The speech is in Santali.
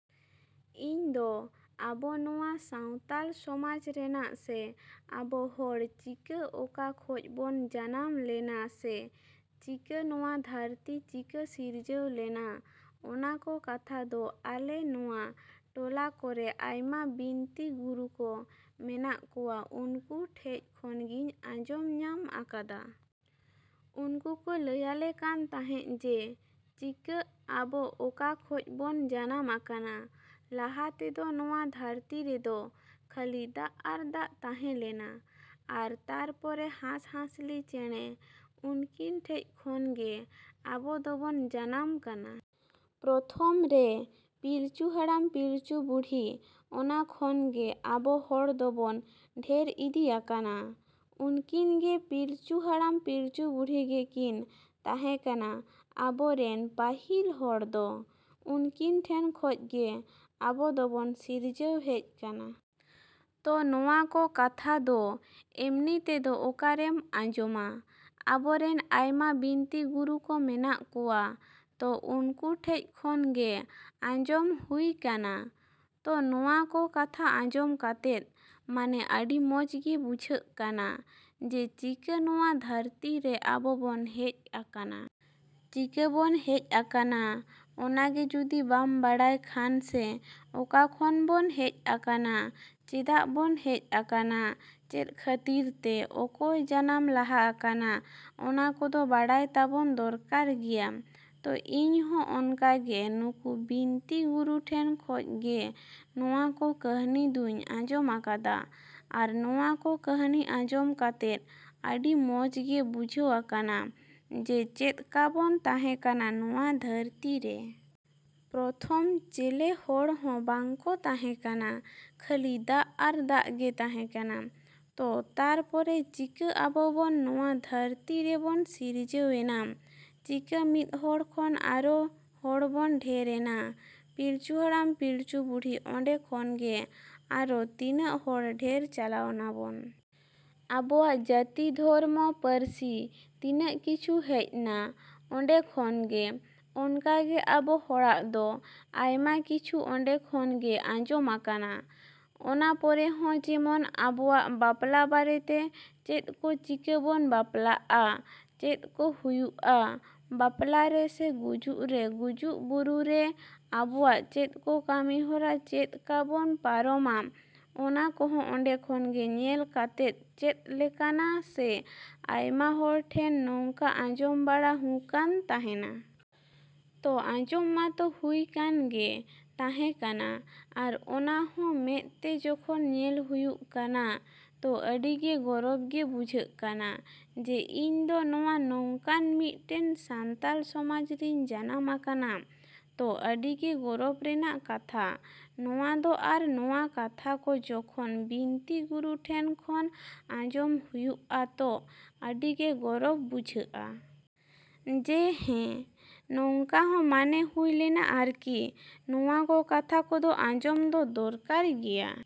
ᱤᱧᱫᱚ ᱟᱵᱚ ᱱᱚᱣᱟ ᱥᱟᱶᱛᱟᱞ ᱥᱚᱢᱟᱡᱽ ᱨᱮᱱᱟᱜ ᱥᱮ ᱟᱵᱚ ᱦᱚᱲ ᱪᱤᱠᱟᱹ ᱚᱠᱟ ᱠᱷᱚᱡ ᱵᱚᱱ ᱡᱟᱱᱟᱢ ᱞᱮᱱᱟ ᱥᱮ ᱪᱤᱠᱟᱹ ᱱᱚᱣᱟ ᱫᱷᱟᱹᱨᱛᱤ ᱪᱤᱠᱟᱹ ᱥᱤᱨᱡᱟᱹᱣ ᱞᱮᱱᱟ, ᱚᱱᱟ ᱠᱚ ᱠᱟᱛᱷᱟ ᱫᱚ ᱟᱞᱮ ᱱᱚᱣᱟ ᱴᱚᱞᱟ ᱠᱚᱨᱮ ᱟᱭᱢᱟ ᱵᱤᱱᱛᱤ ᱜᱩᱨᱩ ᱠᱚ ᱢᱮᱱᱟᱜ ᱠᱚᱣᱟ, ᱩᱱᱠᱩ ᱴᱷᱮᱡ ᱠᱷᱚᱱᱜᱤᱧ ᱟᱸᱡᱚᱢ ᱧᱟᱢ ᱟᱠᱟᱫᱟ᱾ ᱩᱱᱠᱩ ᱠᱚ ᱞᱟᱹᱭᱟᱞᱮ ᱠᱟᱱ ᱛᱟᱦᱮᱸᱜ ᱡᱮ ᱪᱤᱠᱟᱹ ᱟᱵᱚ ᱚᱠᱟ ᱠᱷᱚᱡ ᱵᱚᱱ ᱡᱚᱱᱚᱢ ᱟᱠᱟᱱᱟ᱾ ᱞᱟᱦᱟ ᱛᱮᱫᱚ ᱱᱚᱣᱟ ᱫᱷᱟᱹᱨᱛᱤ ᱨᱮᱫᱚ ᱠᱷᱟᱹᱞᱤ ᱫᱟᱜ ᱟᱨ ᱫᱟᱜ ᱛᱟᱦᱮᱸ ᱞᱮᱱᱟ ᱟᱨ ᱛᱟᱨᱯᱚᱨᱮ ᱦᱟᱸᱥ-ᱦᱟᱸᱥᱞᱤ ᱪᱮᱸᱬᱮ ᱩᱱᱠᱤᱱ ᱴᱷᱮᱡ ᱠᱷᱚᱱ ᱜᱮ ᱟᱵᱚ ᱫᱚᱵᱚᱱ ᱡᱟᱱᱟᱢ ᱠᱟᱱᱟ᱾ ᱯᱨᱚᱛᱷᱚᱢ ᱨᱮ ᱯᱤᱞᱪᱩ ᱦᱟᱲᱟᱢ-ᱯᱤᱞᱪᱩ ᱵᱩᱰᱷᱤ ᱚᱱᱟ ᱠᱷᱚᱱᱜᱮ ᱟᱵᱚ ᱦᱚᱲ ᱫᱚᱵᱚᱱ ᱰᱷᱮᱨ ᱤᱫᱤ ᱟᱠᱟᱱᱟ᱾ ᱩᱱᱠᱤᱱᱜᱮ ᱯᱤᱞᱪᱩ ᱦᱟᱲᱟᱢ ᱯᱤᱞᱪᱩ ᱵᱩᱰᱷᱤ ᱜᱮ ᱠᱤᱱ ᱛᱟᱦᱮᱸ ᱠᱟᱱᱟ ᱟᱵᱚᱨᱮᱱ ᱯᱟᱹᱦᱤᱞ ᱦᱚᱲ ᱫᱚ᱾ ᱩᱱᱠᱤᱱ ᱴᱷᱮᱱ ᱠᱷᱚᱡᱜᱮ ᱟᱵᱚ ᱫᱚᱵᱚᱱ ᱥᱤᱨᱡᱟᱹᱣ ᱦᱮᱡ ᱠᱟᱱᱟ᱾ ᱛᱚ ᱱᱚᱣᱟ ᱠᱚ ᱠᱟᱛᱷᱟ ᱫᱚ ᱮᱢᱱᱤ ᱛᱮᱫᱚ ᱚᱠᱟᱨᱮᱢ ᱟᱸᱡᱚᱢᱟ? ᱟᱵᱚᱨᱮᱱ ᱟᱭᱢᱟ ᱵᱤᱱᱛᱤ ᱜᱩᱨᱩ ᱠᱚ ᱢᱮᱱᱟᱜ ᱠᱚᱣᱟ, ᱛᱚ ᱩᱱᱠᱩ ᱴᱷᱮᱡ ᱠᱷᱚᱱᱜᱮ ᱟᱸᱡᱚᱢ ᱦᱩᱭ ᱠᱟᱱᱟ᱾ ᱛᱚ ᱱᱚᱣᱟ ᱠᱚ ᱠᱟᱛᱷᱟ ᱟᱸᱡᱚᱢ ᱠᱟᱛᱮᱫ ᱢᱟᱱᱮ ᱟᱹᱰᱤ ᱢᱚᱡᱽ ᱜᱮ ᱵᱩᱡᱷᱟᱹᱜ ᱠᱟᱱᱟ ᱡᱮ ᱪᱤᱠᱟᱹ ᱱᱚᱣᱟ ᱫᱷᱟᱹᱨᱛᱤᱨᱮ ᱟᱵᱚᱵᱚᱱ ᱦᱮᱡ ᱟᱠᱟᱱᱟ᱾ ᱪᱤᱠᱟᱹᱵᱚᱱ ᱦᱮᱡ ᱟᱠᱟᱱᱟ ᱚᱱᱟᱜᱮ ᱡᱩᱫᱤ ᱵᱟᱢ ᱵᱟᱲᱟᱭ ᱠᱷᱟᱱ ᱥᱮ ᱚᱠᱟ ᱠᱷᱚᱱ ᱵᱚᱱ ᱦᱮᱡ ᱟᱠᱟᱱᱟ, ᱪᱮᱫᱟᱜ ᱵᱚᱱ ᱦᱮᱡ ᱟᱠᱟᱱᱟ, ᱪᱮᱫ ᱠᱷᱟᱹᱛᱤᱨ ᱛᱮ, ᱚᱠᱚᱭ ᱡᱟᱱᱟᱢ ᱞᱟᱦᱟ ᱟᱠᱟᱱᱟ, ᱚᱱᱟ ᱠᱚᱫᱚ ᱵᱟᱲᱟᱭ ᱛᱟᱵᱚᱱ ᱫᱚᱨᱠᱟᱨ ᱜᱮᱭᱟ᱾ ᱛᱚ ᱤᱧᱦᱚᱸ ᱚᱱᱠᱟᱜᱮ ᱱᱩᱠᱩ ᱵᱤᱱᱛᱤ ᱜᱩᱨᱩ ᱴᱷᱮᱱ ᱠᱷᱚᱡ ᱜᱮ ᱱᱚᱣᱟ ᱠᱚ ᱠᱟᱹᱦᱱᱤ ᱫᱚᱧ ᱟᱸᱡᱚᱢ ᱟᱠᱟᱫᱟ ᱟᱨ ᱱᱚᱣᱟ ᱠᱚ ᱠᱟᱹᱦᱱᱤ ᱟᱸᱡᱚᱢ ᱠᱟᱛᱮᱫ ᱟᱹᱰᱤ ᱢᱚᱡᱽᱜᱮ ᱵᱩᱡᱷᱟᱹᱣ ᱟᱠᱟᱱᱟ ᱡᱮ ᱪᱮᱫᱠᱟᱵᱚᱱ ᱛᱟᱦᱮᱸ ᱠᱟᱱᱟ ᱱᱚᱣᱟ ᱫᱷᱟᱹᱨᱛᱤᱨᱮ᱾ ᱯᱨᱚᱛᱷᱚᱢ ᱪᱮᱞᱮ ᱦᱚᱲᱦᱚᱸ ᱵᱟᱝᱠᱚ ᱛᱟᱦᱮᱸ ᱠᱟᱱᱟ, ᱠᱷᱟᱹᱞᱤ ᱫᱟᱜ ᱟᱨ ᱫᱟᱜ ᱜᱮ ᱛᱟᱦᱮᱸ ᱠᱟᱱᱟ᱾ ᱛᱚ ᱛᱟᱨᱯᱚᱨᱮ ᱪᱤᱠᱟ ᱟᱵᱚᱵᱚᱱ ᱱᱚᱣᱟ ᱫᱷᱟᱹᱨᱛᱤ ᱨᱮᱵᱚᱱ ᱥᱤᱨᱡᱟᱹᱣ ᱮᱱᱟ, ᱪᱤᱠᱟᱹ ᱢᱤᱫᱦᱚᱲ ᱠᱷᱚᱱ ᱟᱨᱚ ᱦᱚᱲᱵᱚᱱ ᱰᱷᱮᱨ ᱮᱱᱟ᱾ ᱯᱤᱞᱪᱩ ᱦᱟᱲᱟᱢ ᱯᱤᱞᱪᱩ ᱵᱩᱰᱷᱤ ᱚᱸᱰᱮ ᱠᱷᱚᱱᱜᱮ ᱟᱨᱚ ᱛᱤᱱᱟᱹᱜ ᱦᱚᱲ ᱰᱷᱮᱨ ᱪᱟᱞᱟᱣ ᱱᱟᱵᱚᱱ᱾ ᱟᱵᱚᱣᱟᱜ ᱡᱟᱹᱛᱤ ᱫᱷᱚᱨᱢᱚ ᱯᱟᱹᱨᱥᱤ ᱛᱤᱱᱟᱹᱜ ᱠᱤᱪᱷᱩ ᱦᱮᱡᱱᱟ ᱚᱸᱰᱮ ᱠᱷᱚᱱᱜᱮ᱾ ᱚᱱᱠᱟᱜᱮ ᱟᱵᱚ ᱦᱚᱲᱟᱜ ᱫᱚ ᱟᱭᱢᱟ ᱠᱤᱪᱷᱩ ᱚᱸᱰᱮ ᱠᱷᱚᱱᱜᱮ ᱟᱸᱡᱚᱢ ᱟᱠᱟᱱᱟ᱾ ᱚᱱᱟ ᱯᱚᱨᱮ ᱦᱚᱸ ᱡᱮᱢᱚᱱ ᱟᱵᱚᱣᱟᱜ ᱵᱟᱯᱞᱟ ᱵᱟᱨᱮᱛᱮ ᱪᱮᱫ ᱠᱚ ᱪᱤᱠᱟᱹ ᱵᱚᱱ ᱵᱟᱯᱞᱟᱜᱼᱟ, ᱪᱮᱫ ᱠᱚ ᱦᱩᱭᱩᱜᱼᱟ ᱵᱟᱯᱞᱟᱨᱮ ᱥᱮ ᱜᱩᱡᱚᱜ ᱨᱮ, ᱜᱩᱡᱚᱜ ᱵᱩᱨᱩᱨᱮ ᱟᱵᱚᱣᱟᱜ ᱪᱮᱫ ᱠᱚ ᱠᱟᱹᱢᱤᱦᱚᱨᱟ ᱪᱮᱫᱠᱟᱵᱚᱱ ᱯᱟᱨᱚᱢᱟ, ᱚᱱᱟ ᱠᱚᱦᱚᱸ ᱚᱸᱰᱮ ᱠᱷᱚᱱᱜᱮ ᱧᱮᱞ ᱠᱟᱛᱮᱫ ᱪᱮᱫ ᱞᱮᱠᱟᱱᱟ ᱥᱮ ᱟᱭᱢᱟ ᱦᱚᱲ ᱴᱷᱮᱱ ᱱᱚᱝᱠᱟ ᱟᱸᱡᱚᱢ ᱵᱟᱲᱟ ᱦᱩᱠᱟᱱ ᱛᱟᱦᱮᱱᱟ᱾ ᱛᱚ ᱟᱸᱡᱚᱢ ᱢᱟᱛᱚ ᱦᱩᱭ ᱠᱟᱱ ᱜᱮ ᱛᱟᱦᱮᱸ ᱠᱟᱱᱟ ᱟᱨ ᱚᱱᱟᱦᱚᱸ ᱢᱮᱸᱫ ᱛᱮ ᱡᱚᱠᱷᱚᱱ ᱧᱮᱞ ᱦᱩᱭᱩᱜ ᱠᱟᱱᱟ, ᱛᱚ ᱟᱹᱰᱤᱜᱮ ᱜᱚᱨᱚᱵᱽ ᱜᱮ ᱵᱩᱡᱷᱟᱹᱜ ᱠᱟᱱᱟ ᱡᱮ ᱤᱧᱫᱚ ᱱᱚᱣᱟ ᱱᱚᱝᱠᱟᱱ ᱢᱤᱫᱴᱮᱱ ᱥᱟᱱᱛᱟᱞ ᱥᱚᱢᱟᱡᱽ ᱨᱤᱧ ᱡᱟᱱᱟᱢ ᱟᱠᱟᱱᱟ᱾ ᱛᱚ ᱟᱹᱰᱤᱜᱮ ᱜᱚᱨᱚᱵᱽ ᱨᱮᱱᱟᱜ ᱠᱟᱛᱷᱟ ᱱᱚᱣᱟ ᱫᱚ ᱟᱨ ᱱᱚᱣᱟ ᱠᱟᱛᱷᱟ ᱠᱚ ᱡᱚᱠᱷᱚᱱ ᱵᱤᱱᱛᱤ ᱜᱩᱨᱩ ᱴᱷᱮᱱ ᱠᱷᱚᱱ ᱟᱸᱡᱚᱢ ᱦᱩᱭᱩᱜᱼᱟ, ᱛᱚ ᱟᱹᱰᱤᱜᱮ ᱜᱚᱨᱚᱵᱽ ᱵᱩᱡᱷᱟᱹᱜᱼᱟ᱾ ᱡᱮ ᱦᱮᱸ ᱱᱚᱝᱠᱟᱦᱚᱸ ᱢᱟᱱᱮ ᱦᱩᱭ ᱞᱮᱱᱟ ᱟᱨᱠᱤ᱾ ᱱᱚᱣᱟ ᱠᱚ ᱠᱟᱛᱷᱟ ᱠᱚᱫᱚ ᱟᱸᱡᱚᱢ ᱫᱚ ᱫᱚᱨᱠᱟᱨ ᱜᱮᱭᱟ᱾